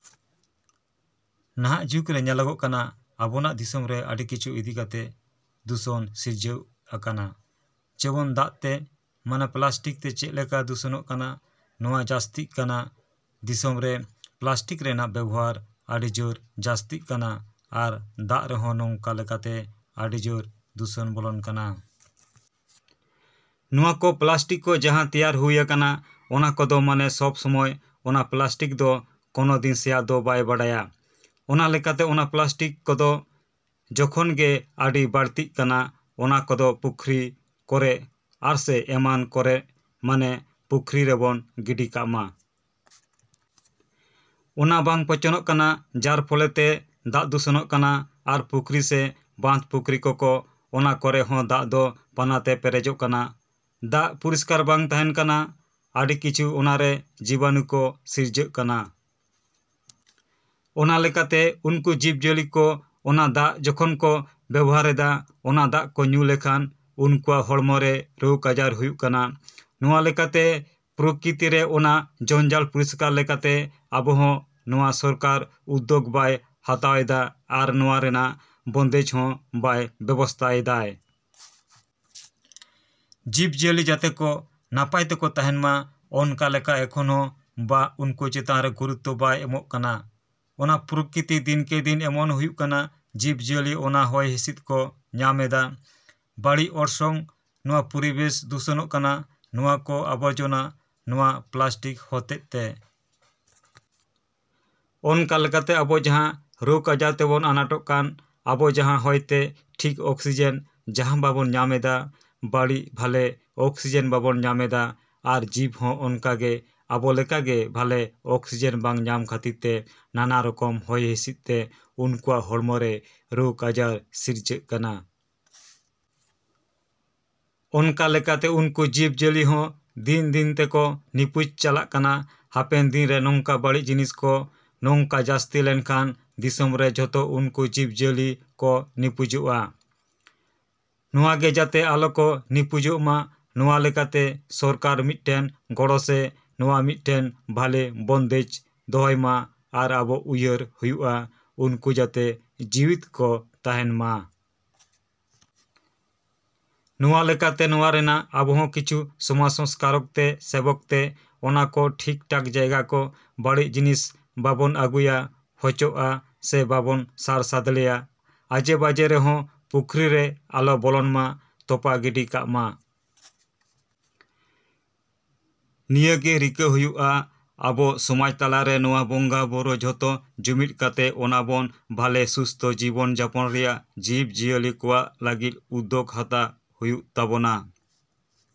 ᱱᱟᱦᱟᱜ ᱡᱩᱜᱽᱨᱮ ᱧᱮᱞᱚᱜᱚᱜ ᱠᱟᱱᱟ ᱟᱵᱚᱱᱟᱜ ᱫᱤᱥᱚᱢᱨᱮ ᱟᱹᱰᱤ ᱠᱤᱪᱷᱩ ᱤᱫᱤ ᱠᱟᱛᱮᱜ ᱫᱩᱥᱚᱱ ᱥᱤᱨᱡᱟᱹᱣ ᱟᱠᱟᱱᱟ᱾ ᱡᱮᱢᱚᱱ ᱫᱟᱜ ᱛᱮ, ᱢᱟᱱᱮ ᱯᱞᱟᱥᱴᱤᱠ ᱛᱮ ᱪᱮᱫ ᱞᱮᱠᱟ ᱫᱩᱥᱚᱱᱚᱜ ᱠᱟᱱᱟ ᱱᱚᱣᱟ ᱡᱟᱹᱥᱛᱤᱜ ᱠᱟᱱᱟ᱾ ᱫᱤᱥᱚᱢᱨᱮ ᱯᱞᱟᱥᱴᱤᱠ ᱨᱮᱱᱟᱜ ᱵᱮᱵᱚᱦᱟᱨ ᱟᱹᱰᱤ ᱡᱚᱨ ᱡᱟᱹᱥᱛᱤᱜ ᱠᱟᱱᱟ ᱟᱨ ᱫᱟᱜ ᱨᱮᱦᱚᱸ ᱱᱚᱝᱠᱟ ᱞᱮᱠᱟᱛᱮ ᱟᱹᱰᱤ ᱡᱚᱨ ᱫᱩᱥᱚᱱ ᱵᱚᱞᱚᱱ ᱠᱟᱱᱟ᱾ ᱱᱚᱣᱟ ᱠᱚ ᱯᱞᱟᱥᱴᱤᱠ ᱠᱚ ᱡᱟᱦᱟᱸ ᱛᱚᱭᱟᱨ ᱦᱩᱭ ᱟᱠᱟᱱᱟ ᱚᱱᱟ ᱠᱚᱫᱚ ᱢᱟᱱᱮ ᱥᱚᱵ ᱥᱚᱢᱚᱭ ᱚᱱᱟ ᱯᱞᱟᱥᱴᱤᱠ ᱫᱚ ᱠᱚᱱᱚ ᱫᱤᱱ ᱥᱮᱭᱟᱜ ᱫᱚ ᱵᱟᱭ ᱵᱟᱰᱟᱭᱟ᱾ ᱚᱱᱟ ᱞᱮᱠᱟᱛᱮ ᱚᱱᱟ ᱯᱞᱟᱥᱴᱤᱠ ᱠᱚᱫᱚ ᱡᱚᱠᱷᱚᱱᱜᱮ ᱟᱹᱰᱤ ᱵᱟᱹᱲᱛᱤᱜ ᱠᱟᱱᱟ ᱚᱱᱟ ᱠᱚᱫᱚ ᱯᱩᱠᱷᱨᱤ ᱠᱚᱨᱮᱜ ᱟᱨ ᱥᱮ ᱮᱢᱟᱱ ᱠᱚᱨᱮᱜ ᱢᱟᱱᱮ ᱯᱩᱠᱷᱨᱤ ᱨᱮᱵᱚᱱ ᱜᱤᱰᱤ ᱠᱟᱜ ᱠᱟᱱᱟ᱾ ᱚᱱᱟ ᱵᱟᱝ ᱯᱚᱪᱚᱱᱚᱜ ᱠᱟᱱᱟ ᱡᱟᱨ ᱯᱷᱚᱞᱮᱛᱮ ᱫᱟᱜ ᱫᱩᱥᱚᱱᱚᱜ ᱠᱟᱱᱟ ᱟᱨ ᱯᱩᱠᱷᱨᱤ ᱥᱮ ᱵᱟᱸᱫᱷ ᱯᱩᱠᱷᱨᱤ ᱠᱚᱠᱚ ᱚᱱᱟ ᱠᱚᱨᱮ ᱦᱚᱸ ᱫᱟᱜ ᱫᱚ ᱯᱟᱱᱟᱛᱮ ᱯᱮᱨᱮᱡᱚᱜ ᱠᱟᱱᱟ᱾ ᱫᱟᱜ ᱯᱚᱨᱤᱥᱠᱟᱨ ᱵᱟᱝ ᱛᱟᱦᱮᱱ ᱠᱟᱱᱟ, ᱟᱹᱰᱤ ᱠᱤᱪᱷᱩ ᱚᱱᱟᱨᱮ ᱡᱤᱵᱟᱱᱩ ᱠᱚ ᱥᱤᱨᱡᱟᱹᱣ ᱠᱟᱱᱟ᱾ ᱚᱱᱟ ᱞᱮᱠᱟᱛᱮ ᱩᱱᱠᱩ ᱡᱤᱵᱽ ᱡᱤᱭᱟᱹᱞᱤ ᱠᱚ ᱚᱱᱟ ᱫᱟᱜ ᱡᱚᱠᱷᱚᱱ ᱠᱚ ᱵᱮᱵᱚᱦᱟᱨᱮᱫᱟ, ᱚᱱᱟ ᱫᱟᱜ ᱠᱚ ᱧᱩ ᱞᱮᱠᱷᱟᱱ ᱩᱱᱠᱩᱣᱟᱜ ᱦᱚᱲᱢᱚᱨᱮ ᱨᱚᱜᱽ ᱟᱡᱟᱨ ᱦᱩᱭᱩᱜ ᱠᱟᱱᱟ᱾ ᱱᱚᱣᱟ ᱞᱮᱠᱟᱛᱮ ᱯᱚᱨᱠᱤᱛᱤᱨᱮ ᱚᱱᱟ ᱡᱚᱧᱡᱟᱞ ᱯᱚᱨᱤᱥᱠᱟᱨ ᱞᱮᱠᱟᱛᱮ ᱟᱵᱚ ᱦᱚᱸ ᱱᱚᱣᱟ ᱥᱚᱨᱠᱟᱨ ᱩᱫᱽᱫᱚᱜᱽ ᱵᱟᱭ ᱦᱟᱛᱟᱣᱮᱫᱟ ᱟᱨ ᱱᱚᱣᱟ ᱨᱮᱱᱟᱜ ᱵᱚᱱᱫᱮᱡᱽ ᱦᱚᱸ ᱵᱟᱭ ᱵᱮᱵᱚᱥᱛᱷᱟᱭᱮᱫᱟᱭ᱾ ᱡᱤᱵᱽ ᱡᱤᱭᱟᱹᱞᱤ ᱡᱟᱛᱮ ᱠᱚ ᱱᱟᱯᱟᱭ ᱛᱮᱠᱚ ᱛᱟᱦᱮᱱ ᱢᱟ ᱚᱱᱠᱟ ᱞᱮᱠᱟ ᱮᱠᱷᱚᱱ ᱦᱚᱸ ᱵᱟ ᱩᱱᱠᱩ ᱪᱮᱛᱟᱱ ᱨᱮ ᱜᱩᱨᱩᱛᱚ ᱵᱟᱭ ᱮᱢᱟᱜ ᱠᱟᱱᱟ᱾ ᱚᱱᱟ ᱯᱚᱨᱠᱤᱛᱤ ᱫᱤᱱ ᱠᱮ ᱫᱤᱱ ᱮᱢᱚᱱ ᱦᱩᱭᱩᱜ ᱠᱟᱱᱟ ᱡᱤᱵᱽ ᱡᱤᱭᱟᱹᱞᱤ ᱚᱱᱟ ᱦᱚᱭ ᱦᱤᱸᱥᱤᱫ ᱠᱚ ᱧᱟᱢᱮᱫᱟ, ᱵᱟᱹᱲᱤᱡ ᱚᱨᱥᱚᱝ ᱱᱚᱣᱟ ᱯᱚᱨᱤᱵᱮᱥ ᱫᱩᱥᱚᱱᱚᱜ ᱠᱟᱱᱟ ᱱᱚᱣᱟ ᱠᱚ ᱟᱵᱚᱨᱡᱚᱱᱟ ᱱᱚᱣᱟ ᱯᱞᱟᱥᱴᱤᱠ ᱦᱚᱛᱮᱫ ᱛᱮ᱾ ᱚᱱᱠᱟ ᱞᱮᱠᱟᱛᱮ ᱟᱵᱚ ᱡᱟᱦᱟᱸ ᱨᱚᱜᱽ ᱟᱡᱟᱨ ᱛᱮᱵᱚᱱ ᱟᱱᱟᱴᱚᱜ ᱠᱟᱱ, ᱟᱵᱚ ᱡᱟᱦᱟᱸ ᱦᱚᱭᱛᱮ ᱴᱷᱤᱠ ᱚᱠᱥᱤᱡᱮᱱ ᱡᱟᱦᱟᱸ ᱵᱟᱵᱚᱱ ᱧᱟᱢᱮᱫᱟ, ᱵᱟᱹᱲᱤᱡ ᱵᱷᱟᱞᱮ ᱚᱠᱥᱤᱡᱮᱱ ᱵᱟᱵᱚᱱ ᱧᱟᱢᱮᱫᱟ ᱟᱨ ᱡᱤᱵᱽ ᱦᱚᱸ ᱚᱱᱠᱟᱜᱮ ᱟᱵᱚ ᱞᱮᱠᱟᱜᱮ ᱵᱷᱟᱞᱮ ᱚᱠᱥᱤᱡᱮᱱ ᱵᱟᱝ ᱧᱟᱢ ᱠᱷᱟᱹᱛᱤᱨ ᱛᱮ ᱱᱟᱱᱟ ᱨᱚᱠᱚᱢ ᱦᱚᱭ ᱦᱤᱸᱥᱤᱫ ᱛᱮ ᱩᱱᱠᱩᱣᱟᱜ ᱦᱚᱲᱢᱚᱨᱮ ᱨᱚᱜᱽ ᱟᱡᱟᱨ ᱥᱤᱨᱡᱟᱹᱜ ᱠᱟᱱᱟ᱾ ᱚᱱᱠᱟ ᱞᱮᱠᱟᱛᱮ ᱩᱱᱠᱩ ᱡᱤᱵᱽ ᱡᱤᱭᱟᱹᱞᱤ ᱦᱚᱸ ᱫᱤᱱ ᱫᱤᱱ ᱛᱮᱠᱚ ᱱᱤᱯᱩᱡ ᱪᱟᱞᱟᱜ ᱠᱟᱱᱟ᱾ ᱦᱟᱯᱮᱱ ᱫᱤᱱ ᱨᱮ ᱱᱚᱝᱠᱟ ᱵᱟᱹᱲᱤᱡ ᱡᱤᱱᱤᱥ ᱠᱚ ᱱᱚᱝᱠᱟ ᱡᱟᱹᱥᱛᱤ ᱞᱮᱱᱠᱷᱟᱱ ᱫᱤᱥᱚᱢᱨᱮ ᱡᱚᱛᱚ ᱩᱱᱠᱩ ᱡᱤᱵᱽ ᱡᱤᱭᱟᱹᱞᱤ ᱠᱚ ᱱᱤᱯᱩᱡᱚᱜᱼᱟ᱾ ᱱᱚᱣᱟᱜᱮ ᱡᱟᱛᱮ ᱟᱞᱚ ᱠᱚ ᱱᱤᱯᱩᱡᱚᱜᱼᱢᱟ ᱱᱚᱣᱟ ᱞᱮᱠᱟᱛᱮ ᱥᱚᱨᱠᱟᱨ ᱢᱤᱫᱴᱮᱱ ᱜᱚᱲᱚ ᱥᱮ ᱱᱚᱣᱟ ᱢᱤᱫᱴᱮᱱ ᱵᱷᱟᱞᱮ ᱵᱚᱱᱫᱮᱡᱽ ᱫᱚᱦᱚᱭ ᱢᱟ ᱟᱨ ᱟᱵᱚ ᱩᱭᱦᱟᱹᱨ ᱦᱩᱭᱩᱜᱼᱟ ᱩᱱᱠᱩ ᱡᱟᱛᱮ ᱡᱤᱣᱤᱛ ᱠᱚ ᱛᱟᱦᱮᱱ ᱢᱟ᱾ ᱱᱚᱣᱟ ᱞᱮᱠᱟᱛᱮ ᱱᱚᱣᱟ ᱨᱮᱱᱟᱜ ᱟᱵᱚ ᱦᱚᱸ ᱠᱤᱪᱷᱩ ᱥᱚᱢᱟᱡᱽ ᱥᱚᱝᱥᱠᱟᱨᱚᱠ ᱛᱮ ᱥᱮᱵᱚᱠ ᱛᱮ ᱚᱱᱟ ᱠᱚ ᱴᱷᱤᱠ ᱴᱷᱟᱠ ᱡᱟᱭᱜᱟ ᱠᱚ ᱵᱟᱹᱲᱤᱡ ᱡᱤᱱᱤᱥ ᱵᱟᱵᱚᱱ ᱟᱹᱜᱩᱭᱟ ᱦᱚᱪᱚᱜᱼᱟ ᱥᱮ ᱵᱟᱵᱚᱱ ᱥᱟᱨ ᱥᱟᱫᱞᱮᱭᱟ ᱟᱡᱮ ᱵᱟᱡᱮ ᱨᱮᱦᱚᱸ ᱯᱩᱠᱷᱨᱤ ᱨᱮ ᱟᱞᱚ ᱵᱚᱞᱚᱱ ᱢᱟ, ᱛᱚᱯᱟ ᱜᱤᱰᱤ ᱠᱟᱜ ᱢᱟ᱾ ᱱᱤᱭᱟᱹᱜᱮ ᱨᱤᱠᱟᱹ ᱦᱩᱭᱩᱜᱼᱟ ᱟᱵᱚ ᱥᱚᱢᱟᱡᱽ ᱛᱟᱞᱟᱨᱮ ᱱᱚᱣᱟ ᱵᱚᱸᱜᱟ ᱵᱚᱨᱚ ᱡᱚᱛᱚ ᱡᱩᱢᱤᱫ ᱠᱟᱛᱮᱜ ᱚᱱᱟ ᱵᱚᱱ ᱵᱷᱟᱞᱮ ᱥᱩᱥᱛᱷᱚ ᱡᱤᱵᱚᱱ ᱡᱟᱯᱚᱱ ᱨᱮᱭᱟᱜ ᱡᱤᱵᱽ ᱡᱤᱭᱟᱹᱞᱤ ᱠᱚᱣᱟᱜ ᱞᱟᱹᱜᱤᱫ ᱩᱫᱽᱫᱚᱜᱽ ᱦᱟᱛᱟᱣ ᱦᱩᱭᱩᱜ ᱛᱟᱵᱚᱱᱟ᱾।